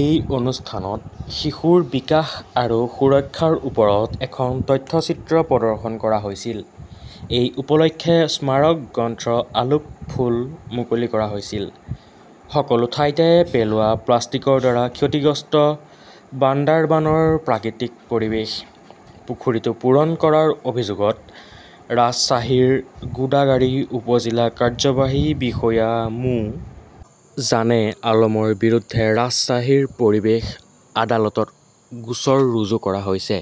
এই অনুষ্ঠানত শিশুৰ বিকাশ আৰু সুৰক্ষাৰ ওপৰত এখন তথ্যচিত্ৰ প্ৰদৰ্শন কৰা হৈছিল। এই উপলক্ষে স্মাৰক গ্ৰন্থ আলোক ফুল মুকলি কৰা হৈছিল। সকলো ঠাইতে পেলোৱা প্লাষ্টিকৰ দ্বাৰা ক্ষতিগ্ৰস্ত বান্দাৰবানৰ প্ৰাকৃতিক পৰিৱেশ। পুখুৰীটো পূৰণ কৰাৰ অভিযোগত ৰাজশ্বাহীৰ গোদাগাৰী উপ-জিলা কাৰ্যবাহী বিষয়া মো. জানে আলমৰ বিৰুদ্ধে ৰাজশ্বাহীৰ পৰিৱেশ আদালতত গোচৰ ৰুজু কৰা হৈছে।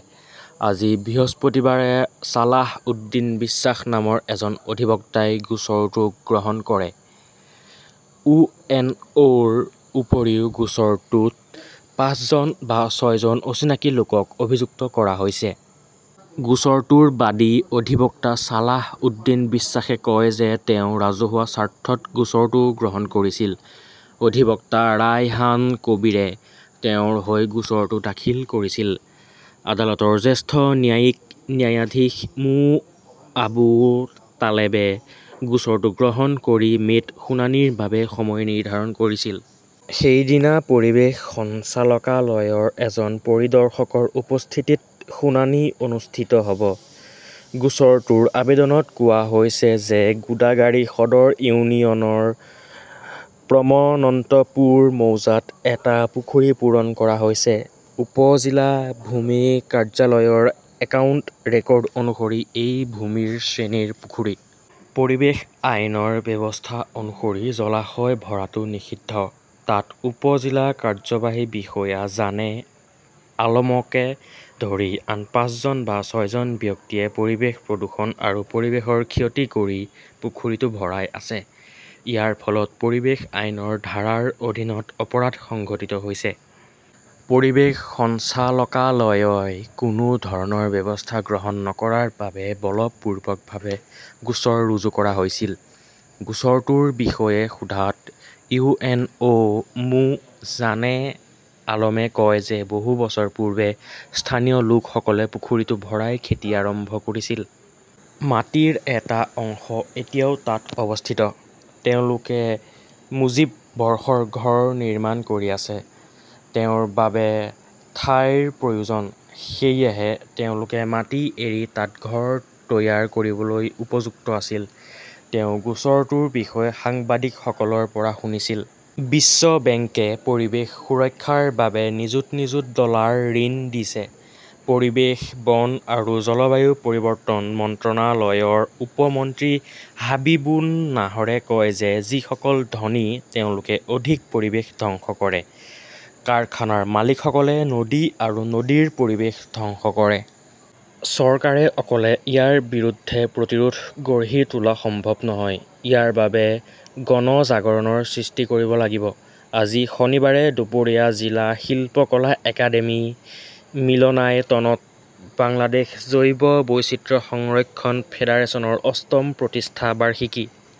আজি বৃহস্পতিবাৰে ছালাহ উদ্দীন বিশ্বাস নামৰ এজন অধিবক্তাই গোচৰটো গ্ৰহণ কৰে। ইউ. এন. অ'. -ৰ উপৰিও গোচৰটোত পাঁচজন বা ছয়জন অচিনাকি লোকক অভিযুক্ত কৰা হৈছে। গোচৰটোৰ বাদী অধিবক্তা ছালাহ উদ্দীন বিশ্বাসে কয় যে তেওঁ ৰাজহুৱা স্বাৰ্থত গোচৰটো গ্ৰহণ কৰিছিল। অধিবক্তা ৰায়হান কবীৰে তেওঁৰ হৈ গোচৰটো দাখিল কৰিছিল। আদালতৰ জ্যেষ্ঠ ন্যায়িক ন্যায়াধীশ মো. আবু তালেবে গোচৰটো গ্ৰহণ কৰি মে'ত শুনানিৰ বাবে সময় নিৰ্ধাৰণ কৰিছিল। সেইদিনা পৰিৱেশ সঞ্চালকালয়ৰ এজন পৰিদৰ্শকৰ উপস্থিতিত শুনানি অনুষ্ঠিত হ'ব। গোচৰটোৰ আৱেদনত কোৱা হৈছে যে গোদাগাৰী সদৰ ইউনিয়নৰ প্ৰমনন্তপুৰ মৌজাত এটা পুখুৰী পূৰণ কৰা হৈছে। উপ-জিলা ভূমি কাৰ্যালয়ৰ একাউণ্ট ৰেকৰ্ড অনুসৰি, এই ভূমিৰ শ্ৰেণীৰ পুখুৰী। পৰিৱেশ আইনৰ ব্যৱস্থা অনুসৰি জলাশয় ভৰাটো নিষিদ্ধ। তাত উপ-জিলা কাৰ্যবাহী বিষয়া জানে আলমকে ধৰি আন পাঁচজন বা ছয়জন ব্যক্তিয়ে পৰিৱেশ প্ৰদূষণ আৰু পৰিৱেশৰ ক্ষতি কৰি পুখুৰীটো ভৰাই আছে। ইয়াৰ ফলত পৰিৱেশ আইনৰ ধাৰাৰ অধীনত অপৰাধ সংঘটিত হৈছে। পৰিৱেশ সঞ্চালকালয়ই কোনো ধৰণৰ ব্যৱস্থা গ্ৰহণ নকৰাৰ বাবে বলপূৰ্বকভাৱে গোচৰ ৰুজু কৰা হৈছিল। গোচৰটোৰ বিষয়ে সোধাত ইউ. এন. অ'. মো. জানে আলমে কয় যে বহু বছৰ পূৰ্বে স্থানীয় লোকসকলে পুখুৰীটো ভৰাই খেতি আৰম্ভ কৰিছিল। মাটিৰ এটা অংশ এতিয়াও তাত অৱস্থিত। তেওঁলোকে মুজীব বৰ্ষৰ ঘৰ নিৰ্মাণ কৰি আছে। তেওঁৰ বাবে ঠাইৰ প্ৰয়োজন। সেয়েহে তেওঁলোকে মাটি এৰি তাত ঘৰ তৈয়াৰ কৰিবলৈ উপযুক্ত আছিল। তেওঁ গোচৰটোৰ বিষয়ে সাংবাদিকসকলৰ পৰা শুনিছিল। বিশ্ব বেংকে পৰিৱেশ সুৰক্ষাৰ বাবে নিযুত নিযুত ডলাৰ ঋণ দিছে। পৰিৱেশ, বন আৰু জলবায়ু পৰিৱৰ্তন মন্ত্ৰালয়ৰ উপ মন্ত্ৰী হাবিবুন নাহৰে কয় যে যিসকল ধনী তেওঁলোকে অধিক পৰিৱেশ ধ্বংস কৰে। কাৰখানাৰ মালিকসকলে নদী আৰু নদীৰ পৰিৱেশ ধ্বংস কৰে। চৰকাৰে অকলে ইয়াৰ বিৰুদ্ধে প্ৰতিৰোধ গঢ়ি তোলা সম্ভৱ নহয়। ইয়াৰ বাবে গণজাগৰণৰ সৃষ্টি কৰিব লাগিব। আজি শনিবাৰে দুপৰীয়া জিলা শিল্পকলা একাডেমী মিলনায়তনত বাংলাদেশ জৈৱ বৈচিত্ৰ্য সংৰক্ষণ ফেডাৰেচনৰ অষ্টম প্ৰতিষ্ঠা বাৰ্ষিকী।